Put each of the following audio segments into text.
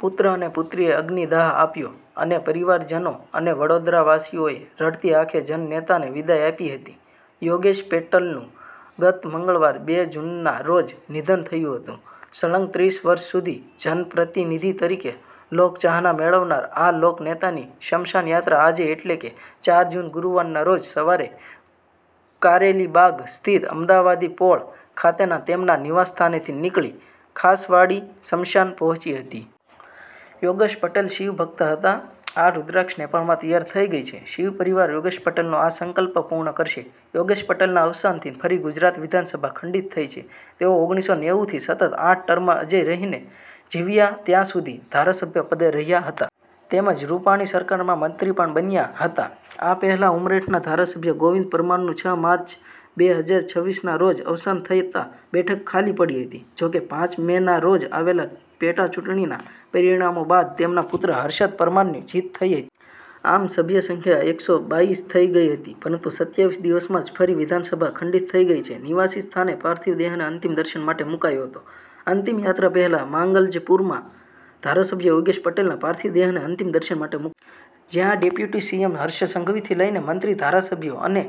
પુત્ર અને પુત્રીએ અગ્નિદાહ આપ્યો, અને પરિવારજનો અને વડોદરાવાસીઓએ રડતી આંખે જન નેતાને વિદાય આપી હતી. યોગેશ પટેલનું ગત મંગળવાર, બે જૂનના રોજ નિધન થયું હતું. સળંગ છત્રીસ વર્ષ સુધી જનપ્રતિનિધિ તરીકે લોકચાહના મેળવનારા આ લોકનેતાની સ્મશાનયાત્રા આજે એટલે કે ચાર જૂન, ગુરૂવારના રોજ સવારે કારેલીબાગ સ્થિત 'અમદાવાદી પોળ' ખાતેના તેમના નિવાસસ્થાનેથી નીકળી, ખાસવાડી સ્મશાન પહોંચી હતી. યોગેશ પટેલ શિવ ભક્ત હતા. આ રુદ્રાક્ષ નેપાળમાં તૈયાર થઈ ગઈ છે. શિવ પરિવાર યોગેશ પટેલનો આ સંકલ્પ પૂર્ણ કરશે. યોગેશ પટેલના અવસાનથી ફરી ગુજરાત વિધાનસભા ખંડિત થઈ છે. તેઓ ઓગરીસો નેવું થી સતત આઠ ટર્મ અજેય રહીને જીવ્યા ત્યાં સુધી ધારાસભ્ય પદે રહ્યા હતા. તેમજ રૂપાણી સરકારમાં મંત્રી પણ બન્યા હતા. આ પહેલાં ઉમરેઠના ધારાસભ્ય ગોવિંદ પરમારનું છ માર્ચ, બે હજાર છવીસના રોજ અવસાન થતાં બેઠક ખાલી પડી હતી. જોકે પાંચ મેના રોજ આવેલા પેટાચૂંટણીના પરિણામો બાદ તેમના પુત્ર હર્ષદ પરમારની જીત થઈ હતી. આમ સભ્ય સંખ્યા એકસો બાઇસ થઈ ગઈ હતી, પરંતુ સત્યાવીસ દિવસમાં જ ફરી વિધાનસભા ખંડિત થઈ ગઈ છે. નિવાસ સ્થાને પાર્થિવ દેહને અંતિમ દર્શન માટે મુકાયો હતો. અંતિમયાત્રા પહેલાં માંજલપુરના ધારાસભ્ય યોગેશ પટેલના પાર્થિવ દેહને અંતિમ દર્શન માટે મુકાયો હતો. જ્યાં ડેપ્યુટી સીએમ હર્ષ સંઘવીથી લઇને મંત્રી, ધારાસભ્યો અને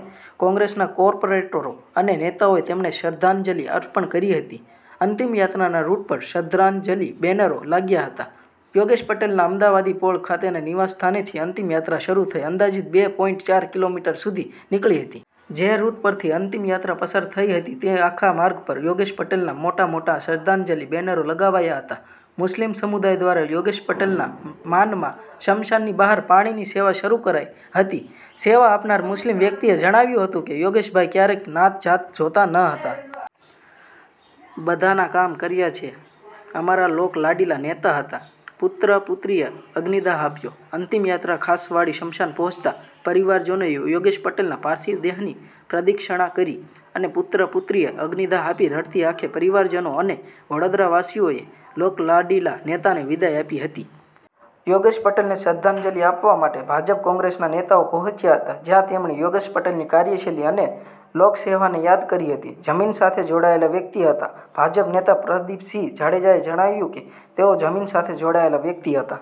કોંગ્રેસના કોર્પોરેટરો અને નેતાઓએ તેમણે શ્રદ્ધાંજલિ અપર્ણ કરી હતી. અંતિમયાત્રાના રૂટ પર શ્રદ્ધાંજલિ બેનરો લાગ્યા હતા. યોગેશ પટેલના 'અમદાવાદીપોળ' ખાતેના નિવાસ સ્થાનેથી અંતિમ યાત્રા શરૂ થઈ અંદાજિત બે પોઈન્ટ ચાર કિમી સુધી નીકળી હતી. જે રૂટ પરથી અંતિમયાત્રા પસાર થઈ હતી તે આખા માર્ગ પર યોગેશ પટેલના મોટા-મોટા શ્રદ્ધાંજલિ બેનરો લગાવાયા હતા. મુસ્લિમ સમુદાય દ્વારા યોગેશ પટેલના માનમાં સ્મશાનની બહાર પાણીની સેવા શરૂ કરાઈ હતી. સેવા આપનાર મુસ્લિમ વ્યક્તિએ જણાવ્યું હતું કે, "યોગેશભાઈ ક્યારેય નાત જાત જોતા ન હતા. બધાના કામ કર્યા છે. અમારા લોક લાડીલા નેતા હતા." પુત્ર-પુત્રીએ અગ્નિદાહ આપ્યો. અંતિમયાત્રા ખાસવાડી સ્મશાન પહોંચતા પરિવારજનોએ યોગેશ પટેલના પાર્થિવ દેહની પ્રદક્ષિણા કરી, અને પુત્ર-પુત્રીએ અગ્નિદાહ આપી રડતી આંખે પરિવારજનો અને વડોદરાવાસીઓએ લોકલાડીલા નેતાને વિદાય આપી હતી. યોગેશ પટેલને શ્રદ્ધાંજલિ આપવા માટે ભાજપ-કોંગ્રેસના નેતાઓ પહોંચ્યા હતા. જ્યાં તેમણે યોગેશ પટેલની કાર્યશૈલી અને લોકસેવાને યાદ કરી હતી. જમીન સાથે જોડાયેલા વ્યક્તિ હતા. ભાજપ નેતા પ્રદિપસિંહ જાડેજાએ જણાવ્યું કે "તેઓ જમીન સાથે જોડાયેલા વ્યક્તિ હતા.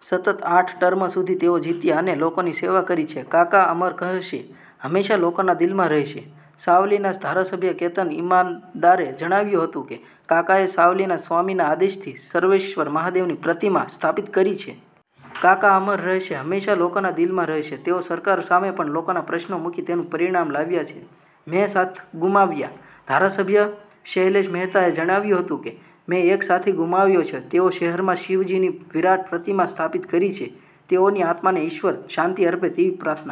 સતત આઠ ટર્મ સુધી તેઓ જીત્યા અને લોકોની સેવા કરી છે. કાકા અમર રહેશે, હંમેશા લોકોના દિલમાં રહેશે." સાવલીના ધારાસભ્ય કેતન ઈનામદારે જણાવ્યું હતું કે, "કાકાએ સાવલીના સ્વામીના આદેશથી સર્વેશ્વર મહાદેવની પ્રતિમા સ્થાપિત કરી છે. કાકા અમર રહેશે, હંમેશા લોકોના દિલમાં રહેશે. તેઓ સરકાર સામે પણ લોકોના પ્રશ્નો મૂકી તેનું પરિણામ લાવ્યા છે. મેં સાથી ગુમાવ્યા." ધારાસભ્ય શૈલેષ મહેતાએ જણાવ્યું હતું કે, "મેં એક સાથી ગુમાવ્યા છે. તેઓએ શહેરમાં શિવજીની વિરાટ પ્રતિમા સ્થાપિત કરી છે. તેઓની આત્માને ઈશ્વર શાંતિ અર્પે તેવી પ્રાર્થના."